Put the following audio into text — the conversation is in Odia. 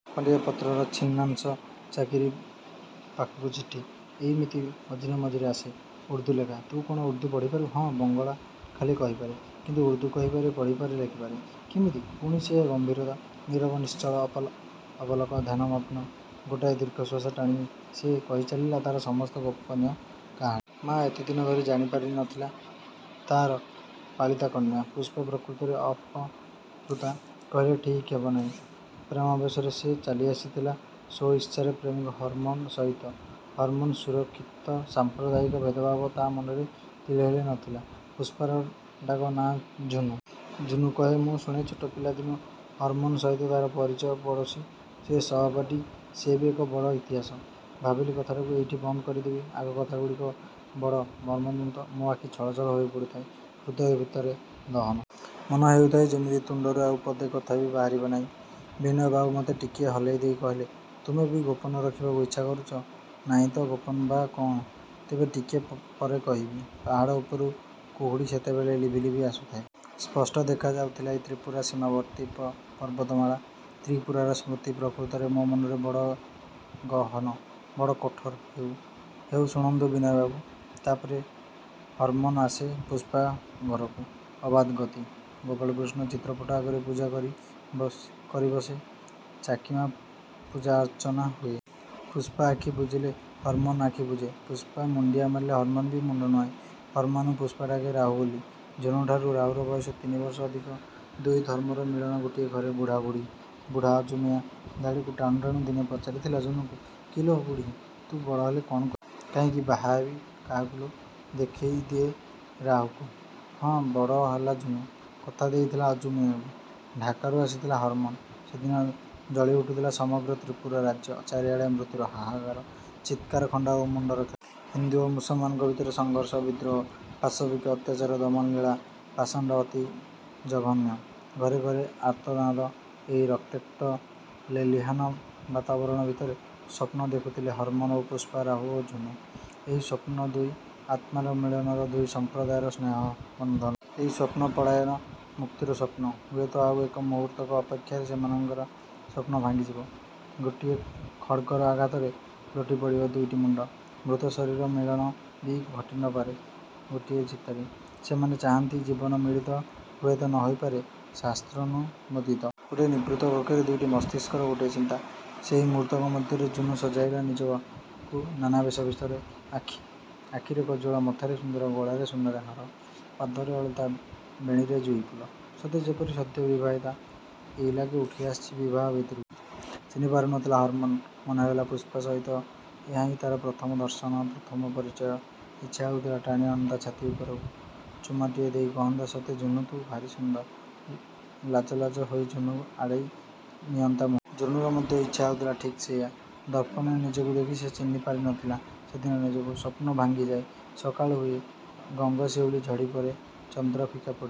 ଖଣ୍ଡିଏ ପତ୍ରର ଛିନ୍ନାଂଶ। ଚାକୀମା ପାଖକୁ ଚିଠି। ଏଇମିତି ମଝିରେ ମଝିରେ ଆସେ। ଉର୍ଦ୍ଦୁଲେଖା। –ତୁ କ'ଣ ଉର୍ଦ୍ଦୁ ପଢ଼ିପାରୁ? –ହଁ, ବଙ୍ଗଳା ଖାଲି କହିପାରେ; କିନ୍ତୁ ଉର୍ଦ୍ଦୁ କହିପାରେ, ପଢ଼ିପାରେ, ଲେଖିପାରେ। –କିମିତି! ପୁଣି ସେଇ ଗମ୍ଭୀରତା। ନୀରବ, ନିଶ୍ଚଳ, ଅପଲକ, ଧ୍ୟାନମଗ୍ନା। ଗୋଟାଏ ଦୀର୍ଘଶ୍ୱାସ ଟାଣି ସେ କହିଚାଲିଲା ତାର ସମସ୍ତ ଗୋପନ କାହାଣୀ। ମା' ଏତେଦିନ ଧରି ଜାଣିପାରି ନ ଥିଲା ତାର ପାଳିତା କନ୍ୟା। ପୁଷ୍ପା ପ୍ରକୃତରେ ଅପହୃତା କହିଲେ ଠିକ୍ ହେବନାହିଁ, ପ୍ରେମାବେଶରେ ସେ ଚାଲିଆସିଥିଲା ସ୍ୱଇଚ୍ଛାରେ ପ୍ରେମିକ ରହମନ୍ ସହିତ। ରହମନ୍ ସୁଶିକ୍ଷିତ। ସାମ୍ପ୍ରଦାୟିକ ଭେଦଭାବ ତା ମନରେ ତିଳେହେଲେ ନ ଥିଲା-। ପୁଷ୍ପାର ଡାକ ନାଁ ଝୁନୁ! ଝୁନୁ କହେ, ମୁଁ ଶୁଣେ–ଛୋଟ ପିଲାଦିନୁ ରହମନ୍ ସହିତ ତାର ପରିଚୟ। ପଡ଼ୋଶୀ ସେ। ସହପାଠୀ। ସିଏ ବି ଏକ ବଡ଼ ଇତିହାସ। ଭାବିଲି କଥାଟାକୁ ଏଇଠି ବନ୍ଦ କରିଦେବି। ଆଗ କଥାଗୁଡ଼ାକ ବଡ଼ ମର୍ମନ୍ତୁଦ। ମୋ ଆଖି ଛଳ ଛଳ ହୋଇପଡ଼ୁଥାଏ। ହୃଦୟ ଭିତରେ ଦହନ। ମନେ ହେଉଥାଏ ଯେମିତି ତୁଣ୍ଡରୁ ଆଉ ପଦେ କଥା ବି ବାହାରିବ ନାହିଁ। ବିନୟବାବୁ ମତେ ଟିକିଏ ହଲେଇ ଦେଇ କହିଲେ–''ତୁମେ ବି ଗୋପନ ରଖିବାକୁ ଇଚ୍ଛା କରୁଛ? '' –ନାଇଁ ତ, ଗୋପନ ବା କ'ଣ? ତେବେ ଟିକକ ପରେ କହିବି। ପାହାଡ଼ ଉପରୁ କୁହୁଡ଼ି ସେତେବେଳେ ଲିଭି ଲିଭି ଆସୁଥାଏ। ସ୍ପଷ୍ଟ ଦେଖାଯାଉଥାଏ ତ୍ରିପୁରା ସୀମାବର୍ତ୍ତୀ ପର୍ବତମାଳା। ତ୍ରି ପୁରାର ସ୍ମୃତି ପ୍ରକୃତରେ ମୋ ମନରେ ବଡ଼ ଗହନ, ବଡ଼ କଠୋର। –ହେଉ ଶୁଣନ୍ତୁ ବିନୟବାବୁ। ତାପରେ... ରହମନ ଆସେ ପୁଷ୍ପା ଘରକୁ। ଅବାଧ ଗତି-। ଗୋପାଳକୃଷ୍ଣ ଚିତ୍ରପଟ ଆଗରେ ପୂଜା କରିବସେ ଚାକୀମା। ପୂଜା ଅର୍ଚ୍ଚନା ହୁଏ। ପୁଷ୍ପା ଆଖି ବୁଜିଲେ ରହମନ୍ ଆଖି ବୁଜେ। ପୁଷ୍ପା ମୁଣ୍ଡିଆ ମାରିଲେ ରହମନ୍ ବି ମୁଣ୍ଡ ନୁଆଏଁ। ରହମାନ୍କୁ ପୁଷ୍ପା ଡାକେ ରାହୁ ବୋଲି। ଝୁନୁଠାରୁ ରାହୁର ବୟସ ତିନି ବର୍ଷ ଅଧିକ। ଦୁଇ ଧର୍ମର ମିଳନ ଗୋଟିଏ ଘରେ। ବୁଢ଼ା ଅଜୁ ମିଆଁ ଦାଢ଼ିକୁ ଟାଣୁ ଟାଣୁ ଦିନେ ପଚାରିଥିଲା ଝୁନୁକୁ–କି ଲୋ ବୁଢ଼ୀ, ତୁ ବଡ଼ ହେଲେ କ'ଣ କରିବୁ? –କାହିଁକି? ବାହା ହେବି। –କାହାକୁ ଲୋ? ଦେଖେଇ ଦିଏ ରାହୁକୁ। ହଁ, ବଡ଼ ହେଲା ଝୁନୁ। କଥା ଦେଇଥିଲା ଅଜୁ ମିଆଁକୁ। ଢାକାରୁ ଆସିଥାଏ ରହମନ୍। ସେଦିନ ଜଳି ଉଠୁଥିଲା ସମଗ୍ର ତ୍ରିପୁରା ରାଜ୍ୟ। ଚାରିଆଡ଼େ ମୃତ୍ୟୁର ହାହାକାର, ଚିତ୍କାର। ଖଣ୍ଡା ଓ ମୁଣ୍ଡର ଖେଳ। ହିନ୍ଦୁ ଓ ମୁସଲମାନଙ୍କ ଭିତରେ ସଘର୍ଷ, ବିଦ୍ରୋହ। ପାଶବିକ ଅତ୍ୟାଚାର ଦମନଲୀଳା। ପାଷାଣ୍ଡ, ଅତି ଜଘନ୍ୟ। ଘରେ ଘରେ ଆର୍ତ୍ତନାଦ। ଏହି ରକ୍ତାକ୍ତ ଲେଲିହାନ ବାତାବରଣ ଭିତରେ ସ୍ୱପ୍ନ ଦେଖୁଥିଲେ ରହମନ ଓ ପୁଷ୍ପା–ରାହୁ ଓ ଝୁନୁ। ଏହି ସ୍ୱପ୍ନ ଦୁଇ ଆତ୍ମାର ମିଳନର, ଦୁଇ ସମ୍ପ୍ରଦାୟର ସ୍ନେହବନ୍ଧନର। ଏହି ସ୍ୱପ୍ନ ପଳାୟନ, ମୁକ୍ତିର ସ୍ୱପ୍ନ। ହୁଏତ ଆଉ ଏକ ମୁହୂର୍ତ୍ତକ ଅପେକ୍ଷାରେ ସେମାନଙ୍କ ସ୍ୱପ୍ନ ଭାଙ୍ଗିଯିବ। ଗୋଟିଏ ଖଡ଼୍ଗର ଆଘାତରେ ଲୋଟିପଡ଼ିବ ଦୁଇଟି ମୁଣ୍ଡ। ମୃତ ଶରୀର ମିଳନ ବି ଘଟି ନ ପାରେ ଗୋଟିଏ ଚିତାରେ-। ସେମାନେ ଚାହାନ୍ତି ଜୀବନ୍ତମିଳନ। ହୁଏତ ନ ହୋଇପାରେ ଶାସ୍ତ୍ରନୁମୋଦିତ। ଗୋଟିଏ ନିଭୃତ କକ୍ଷରେ ଦୁଇଟି ମସ୍ତିଷ୍କର ଗୋଟିଏ ଚିନ୍ତା। ସେହି ମୁହୂର୍ତ୍ତକ ମଧ୍ୟରେ ଝୁନୁ ସଜାଇଲା ନିଜକୁ ନାନା ବେଶଭୂଷାରେ। ଆଖିରେ କଜ୍ଜଳ, ମଥାରେ ସିନ୍ଦୂର, ଗଳାରେ ସୁନାର ହାର, ପାଦରେ ଅଳତା, ବେଣୀରେ ଯୁଈ ଫୁଲ। ସତେ ଯେପରି ସଦ୍ୟ ବିବାହିତା। ଏଇଲାଗେ ଉଠିଆସିଛି ବିବାହ-ବେଦୀରୁ। ଚିହ୍ନି ପାରି ନ ଥିଲା ରହମନ୍। ମନେହେଲା ପୁଷ୍ପା ସହିତ ଏହା ହିଁ ତାର ପ୍ରଥମ। ଦର୍ଶନ, ପ୍ରଥମ ପରିଚୟ। ଇଚ୍ଛା ହେଉଥିଲା ଟାଣିଆଣନ୍ତା ଛାତି ଉପରକୁ। ଚୁମାଟିଏ ଦେଇ କହନ୍ତା–ସତେ ଝୁନୁ ତୁ ଭାରି ସୁନ୍ଦର। ଲାଜ ଲାଜ ହୋଇ ଝୁନୁ ଆଡ଼େଇ ନିଅନ୍ତା ମୁହଁକୁ। ଝୁନୁର ମଧ୍ୟ ଇଚ୍ଛା ହେଉଥିଲା ଠିକ୍ ସେଇଆ। ଦର୍ପଣରେ ନିଜକୁ ଦେଖି ସେ ଚିହ୍ନିପାରି ନ ଥିଲା ସେଦିନ ନିଜକୁ। ସ୍ୱପ୍ନ ଭାଙ୍ଗି ଯାଏ, ସକାଳ ହୁଏ। ଗଙ୍ଗଶିଉଳୀ ଝରି ପଡ଼େ, ଚନ୍ଦ୍ର ଫିକା ପଡ଼ିଯାଏ।